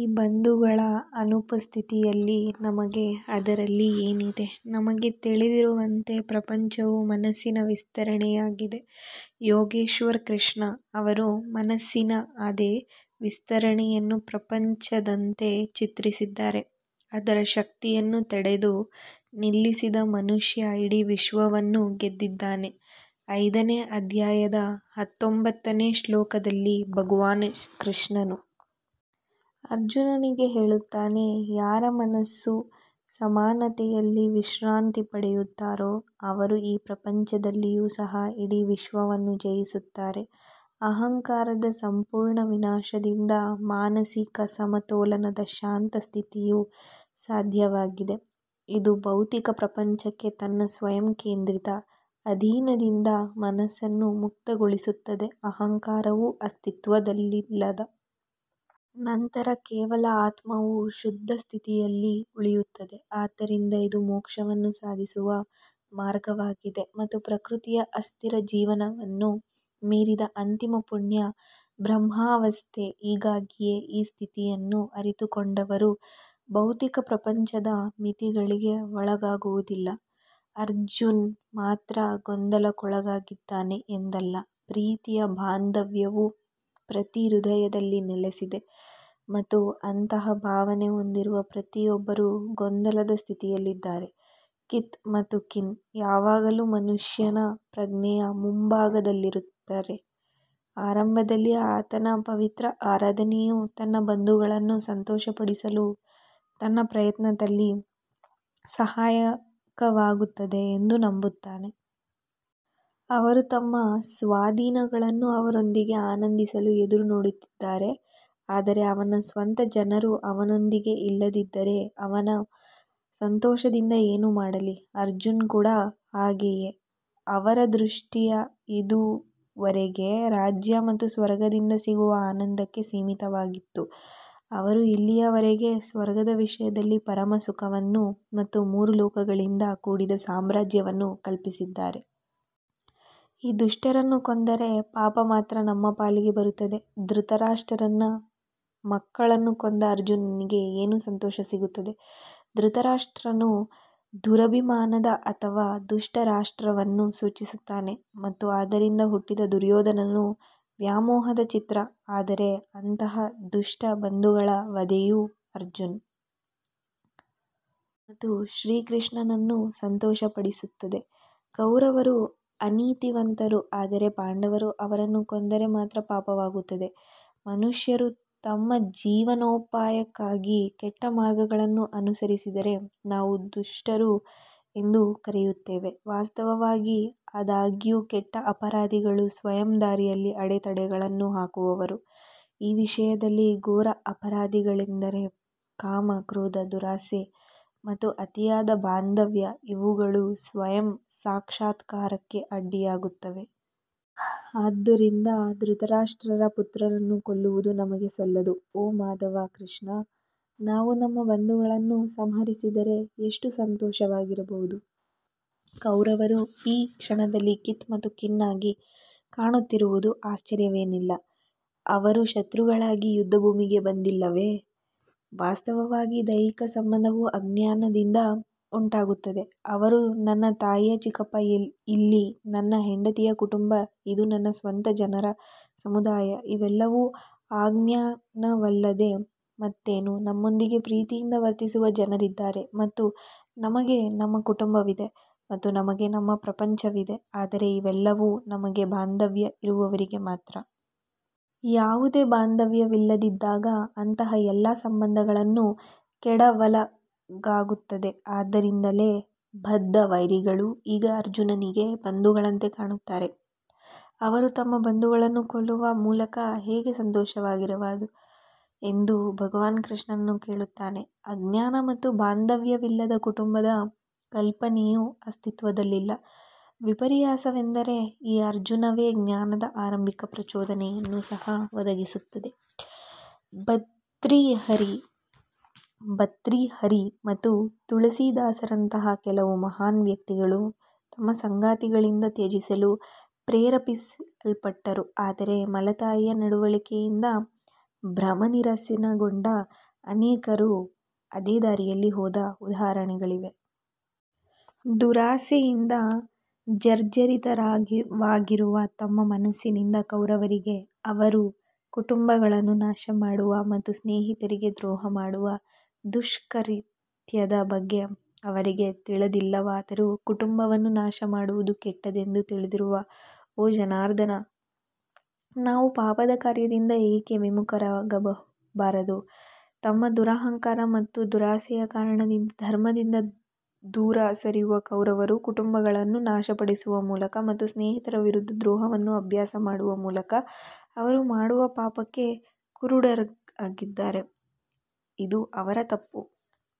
ಈ ಬಂಧಗಳ ಅನುಪಸ್ಥಿತಿಯಲ್ಲಿ ನಮಗೆ ಅದರಲ್ಲಿ ಏನಿದೆ ನಮಗೆ ತಿಳಿದಿರುವಂತೆ ಪ್ರಪಂಚವು ಮನಸ್ಸಿನ ವಿಸ್ತರಣೆಯಾಗಿದೆ ಯೋಗೇಶ್ವರ್ ಕೃಷ್ಣ ಅವರು ಮನಸ್ಸಿನ ಅದೇ ವಿಸ್ತರಣೆಯನ್ನು ಪ್ರಪಂಚದಂತೆ ಚಿತ್ರಿಸಿದ್ದಾರೆ ಅದರ ಶಕ್ತಿಯನ್ನು ತಡೆದು ನಿಲ್ಲಿಸಿದ ಮನುಷ್ಯ ಇಡೀ ವಿಶ್ವವನ್ನು ಗೆದ್ದಿದ್ದಾನೆ ಐದನೇ ಅಧ್ಯಾಯದ ಹತ್ತೊಂಬತ್ತನೇ ಶ್ಲೋಕದಲ್ಲಿ ಭಗವಾನ್ ಕೃಷ್ಣನು ಅರ್ಜುನನಿಗೆ ಹೇಳುತ್ತಾನೆ, ಯಾರ ಮನಸ್ಸು ಸಮಾನತೆಯಲ್ಲಿ ವಿಶ್ರಾಂತಿ ಪಡೆಯುತ್ತಾರೋ ಅವರು ಈ ಪ್ರಪಂಚದಲ್ಲಿಯೂ ಸಹ ಇಡೀ ವಿಶ್ವವನ್ನು ಜಯಿಸುತ್ತಾರೆ ಅಹಂಕಾರದ ಸಂಪೂರ್ಣ ವಿನಾಶದಿಂದ ಮಾನಸಿಕ ಸಮತೋಲನದ ಶಾಂತ ಸ್ಥಿತಿಯು ಸಾಧ್ಯವಾಗಿದೆ ಇದು ಭೌತಿಕ ಪ್ರಪಂಚಕ್ಕೆ ತನ್ನ ಸ್ವಯಂ ಕೇಂದ್ರಿತ ಅಧೀನದಿಂದ ಮನಸ್ಸನ್ನು ಮುಕ್ತಗೊಳಿಸುತ್ತದೆ ಅಹಂಕಾರವು ಅಸ್ತಿತ್ವದಲ್ಲಿಲ್ಲದ ನಂತರ ಕೇವಲ ಆತ್ಮವು ಶುದ್ಧ ಸ್ಥಿತಿಯಲ್ಲಿ ಉಳಿಯುತ್ತದೆ ಆದ್ದರಿಂದ ಇದು ಮೋಕ್ಷವನ್ನು ಸಾಧಿಸುವ ಮಾರ್ಗವಾಗಿದೆ ಮತ್ತು ಪ್ರಕೃತಿಯ ಅಸ್ಥಿರ ಜೀವನವನ್ನು ಮೀರಿದ ಅಂತಿಮ ಪುಣ್ಯ ಬ್ರಹ್ಮಾವಸ್ಥೆ ಹೀಗಾಗಿಯೇ ಈ ಸ್ಥಿತಿಯನ್ನು ಅರಿತುಕೊಂಡವರು ಭೌತಿಕ ಪ್ರಪಂಚದ ಮಿತಿಗಳಿಗೆ ಒಳಗಾಗುವುದಿಲ್ಲ ಅರ್ಜುನ್ ಮಾತ್ರ ಗೊಂದಲಕ್ಕೊಳಗಾಗಿದ್ದಾನೆ ಎಂದಲ್ಲ ಪ್ರೀತಿಯ ಬಾಂಧವ್ಯವು ಪ್ರತಿ ಹೃದಯದಲ್ಲಿ ನೆಲೆಸಿದೆ ಮತ್ತು ಅಂತಹ ಭಾವನೆ ಹೊಂದಿರುವ ಪ್ರತಿಯೊಬ್ಬರೂ ಗೊಂದಲದ ಸ್ಥಿತಿಯಲ್ಲಿದ್ದಾರೆ ಕಿತ್ ಮತ್ತು ಕಿನ್ ಯಾವಾಗಲೂ ಮನುಷ್ಯನ ಪ್ರಜ್ಞೆಯ ಮುಂಭಾಗದಲ್ಲಿರುತ್ತಾರೆ ಆರಂಭದಲ್ಲಿ ಆತನ ಪವಿತ್ರ ಆರಾಧನೆಯು ತನ್ನ ಬಂಧುಗಳನ್ನು ಸಂತೋಷಪಡಿಸಲು ತನ್ನ ಪ್ರಯತ್ನದಲ್ಲಿ ಸಹಾಯಕವಾಗುತ್ತದೆ ಎಂದು ನಂಬುತ್ತಾರೆ. ಅವರು ತಮ್ಮ ಸ್ವಾಧೀನಗಳನ್ನು ಅವರೊಂದಿಗೆ ಆನಂದಿಸಲು ಎದುರು ನೋಡುತ್ತಿದ್ದಾರೆ ಆದರೆ ಅವನ ಸ್ವಂತ ಜನರು ಅವನೊಂದಿಗೆ ಇಲ್ಲದಿದ್ದರೆ ಅವನು ಸಂತೋಷದಿಂದ ಏನು ಮಾಡಲಿ ಅರ್ಜುನ್ ಕೂಡ ಹಾಗೆಯೇ ಅವರ ದೃಷ್ಟಿ ಇದುವರೆಗೆ ರಾಜ್ಯ ಮತ್ತು ಸ್ವರ್ಗದಿಂದ ಸಿಗುವ ಆನಂದಕ್ಕೆ ಸೀಮಿತವಾಗಿತ್ತು ಅವರು ಇಲ್ಲಿಯವರೆಗೆ ಸ್ವರ್ಗದ ವಿಷಯದಲ್ಲಿ ಪರಮ ಸುಖವನ್ನು ಮತ್ತು ಮೂರು ಲೋಕಗಳಿಂದ ಕೂಡಿದ ಸಾಮ್ರಾಜ್ಯವನ್ನು ಕಲ್ಪಿಸಿದ್ದಾರೆ. ಈ ದುಷ್ಟರನ್ನೂ ಕೊಂದರೆ ಪಾಪ ಮಾತ್ರ ನಮ್ಮ ಪಾಲಿಗೆ ಬರುತ್ತದೆ ಧೃತರಾಷ್ಟ್ರನ ಮಕ್ಕಳನ್ನು ಕೊಂದ ಅರ್ಜುನನಿಗೆ ಏನು ಸಂತೋಷ ಸಿಗುತ್ತದೆ ಧೃತರಾಷ್ಟ್ರನು ದುರಭಿಮಾನದ ಅಥವಾ ದುಷ್ಟ ರಾಷ್ಟ್ರವನ್ನು ಸೂಚಿಸುತ್ತಾನೆ ಮತ್ತು ಅದರಿಂದ ಹುಟ್ಟಿದ ದುರ್ಯೋಧನನು ವ್ಯಾಮೋಹದ ಚಿತ್ರ ಆದರೆ ಅಂತಹ ದುಷ್ಟ ಬಂಧುಗಳ ವಧೆಯು ಅರ್ಜುನ್ ಮತ್ತು ಶ್ರೀಕೃಷ್ಣನನ್ನು ಸಂತೋಷಪಡಿಸುತ್ತದೆ ಕೌರವರು ಅನೀತಿವಂತರು ಆದರೆ ಪಾಂಡವರು ಅವರನ್ನು ಕೊಂದರೆ ಮಾತ್ರ ಪಾಪವಾಗುತ್ತದೆ ಮನುಷ್ಯರು ತಮ್ಮ ಜೀವನೋಪಾಯಕ್ಕಾಗಿ ಕೆಟ್ಟ ಮಾರ್ಗಗಳನ್ನು ಅನುಸರಿಸಿದರೆ ನಾವು ದುಷ್ಟರು ಎಂದು ಕರೆಯುತ್ತೇವೆ ವಾಸ್ತವವಾಗಿ ಆದಾಗ್ಯೂ ಕೆಟ್ಟ ಅಪರಾಧಿಗಳು ಸ್ವಯಂ ದಾರಿಯಲ್ಲಿ ಅಡೆತಡೆಗಳನ್ನು ಹಾಕುವವರು ಈ ವಿಷಯದಲ್ಲಿ ಘೋರ ಅಪರಾಧಿಗಳೆಂದರೆ ಕಾಮ ಕ್ರೋಧ ದುರಾಶೆ ಮತ್ತು ಅತಿಯಾದ ಬಾಂಧವ್ಯ ಇವುಗಳು ಸ್ವಯಂ ಸಾಕ್ಷಾತ್ಕಾರಕ್ಕೆ ಅಡ್ಡಿಯಾಗುತ್ತವೆ. ಆದುದರಿಂದ ಧೃತರಾಷ್ಟ್ರರ ಪುತ್ರರನ್ನು ಕೊಲ್ಲುವುದು ನಮಗೆ ಸಲ್ಲದು, ಓ ಮಾಧವ ಕೃಷ್ಣ, ನಾವು ನಮ್ಮ ಬಂಧುಗಳನ್ನು ಸಂಹರಿಸಿದರೆ ಎಷ್ಟು ಸಂತೋಷವಾಗಿರಬಹುದು. ಕೌರವರು ಈ ಕ್ಷಣದಲ್ಲಿ ಕಿತ್ ಮತ್ತು ಕಿನ್ ಆಗಿ ಕಾಣುತ್ತಿರುವುದು ಆಶ್ಚರ್ಯವೇನಿಲ್ಲ ಅವರು ಶತ್ರುಗಳಾಗಿ ಯುದ್ಧಭೂಮಿಗೆ ಬಂದಿಲ್ಲವೇ? ವಾಸ್ತವವಾಗಿ ದೈಹಿಕ ಸಂಬಂಧವು ಅಜ್ಞಾನದಿಂದ ಉಂಟಾಗುತ್ತದೆ ಅವರು ನನ್ನ ತಾಯಿಯ ಚಿಕ್ಕಪ್ಪ ಇಲ್ಲಿ ನನ್ನ ಹೆಂಡತಿಯ ಕುಟುಂಬ ಇದು ನನ್ನ ಸ್ವಂತ ಜನರ ಸಮುದಾಯ ಇವೆಲ್ಲವೂ ಅಜ್ಞಾನವಲ್ಲದೆ ಮತ್ತೇನು ನಮ್ಮೊಂದಿಗೆ ಪ್ರೀತಿಯಿಂದ ವರ್ತಿಸುವ ಜನರಿದ್ದಾರೆ ಮತ್ತು ನಮಗೆ ನಮ್ಮ ಕುಟುಂಬವಿದೆ ಮತ್ತು ನಮಗೆ ನಮ್ಮ ಪ್ರಪಂಚವಿದೆ ಆದರೆ ಇವೆಲ್ಲವೂ ನಮಗೆ ಬಾಂಧವ್ಯ ಇರುವವರೆಗೆ ಮಾತ್ರ. ಯಾವುದೇ ಬಾಂಧವ್ಯವಿಲ್ಲದಿದ್ದಾಗ ಅಂತಹ ಎಲ್ಲಾ ಸಂಬಂಧಗಳನ್ನು ಕೆಡವಲಾಗುತ್ತದೆ ಆದ್ದರಿಂದಲೇ ಬದ್ಧ ವೈರಿಗಳೂ ಈಗ ಅರ್ಜುನನಿಗೆ ಬಂಧುಗಳಂತೆ ಕಾಣುತ್ತಾರೆ ಅವರು ತಮ್ಮ ಬಂಧುಗಳನ್ನು ಕೊಲ್ಲುವ ಮೂಲಕ ಹೇಗೆ ಸಂತೋಷವಾಗಿರಬಹುದು ಎಂದು ಭಗವಾನ್ ಕೃಷ್ಣನನ್ನು ಕೇಳುತ್ತಾನೆ ಅಜ್ಞಾನ ಮತ್ತು ಬಾಂಧವ್ಯವಿಲ್ಲದೆ ಕುಟುಂಬದ ಕಲ್ಪನೆಯು ಅಸ್ತಿತ್ವದಲ್ಲಿಲ್ಲ ವಿಪರ್ಯಾಸವೆಂದರೆ ಈ ಅಜ್ಞಾನವೇ ಜ್ಞಾನದ ಆರಂಭಿಕ ಪ್ರಚೋದನೆಯನ್ನು ಸಹ ಒದಗಿಸುತ್ತದೆ ಭರ್ತ್ರಿಹರಿ ಮತ್ತು ತುಳಸಿದಾಸರಂತಹ ಕೆಲವು ಮಹಾನ್ ವ್ಯಕ್ತಿಗಳು ತಮ್ಮ ಸಂಗಾತಿಗಳಿಂದ ತ್ಯಜಿಸಲು ಪ್ರೇರೇಪಿಸಲ್ಪಟ್ಟರು ಆದರೆ ಮಲತಾಯಿಯ ನಡವಳಿಕೆಯಿಂದ ಭ್ರಮನಿರಸನಗೊಂಡ ಅನೇಕರು ಅದೇ ದಾರಿಯಲ್ಲಿ ಹೋದ ಉದಾಹರಣೆಗಳಿವೆ. ದುರಾಸೆಯಿಂದ ಜರ್ಜರಿತವಾಗಿರುವ ತಮ್ಮ ಮನಸ್ಸಿನಿಂದ ಕೌರವರಿಗೆ ಅವರು ಕುಟುಂಬಗಳನ್ನು ನಾಶಮಾಡುವ ಮತ್ತು ಸ್ನೇಹಿತರಿಗೆ ದ್ರೋಹ ಮಾಡುವ ದುಷ್ಕೃತ್ಯದ ಬಗ್ಗೆ ಅವರಿಗೆ ತಿಳಿದಿಲ್ಲವಾದರೂ, ಕುಟುಂಬವನ್ನು ನಾಶಮಾಡುವುದು ಕೆಟ್ಟದ್ದೆಂದು ತಿಳಿದಿರುವ ಓ ಜನಾರ್ದನ ನಾವು ಪಾಪದ ಕಾರ್ಯದಿಂದ ಏಕೆ ವಿಮುಖರಾಗಬಾರದು ತಮ್ಮ ದುರಹಂಕಾರ ಮತ್ತು ದುರಾಸೆಯ ಕಾರಣದಿಂದ ಧರ್ಮದಿಂದ ದೂರ ಸರಿಯುವ ಕೌರವರು ಕುಟುಂಬಗಳನ್ನು ನಾಶಪಡಿಸುವ ಮೂಲಕ ಮತ್ತು ಸ್ನೇಹಿತರ ವಿರುದ್ಧ ದ್ರೋಹವನ್ನು ಅಭ್ಯಾಸ ಮಾಡುವ ಮೂಲಕ ಅವರು ಮಾಡುವ ಪಾಪಕ್ಕೆ ಕುರುಡರಾಗಿದ್ದಾರೆ. ಇದು ಅವರ ತಪ್ಪು.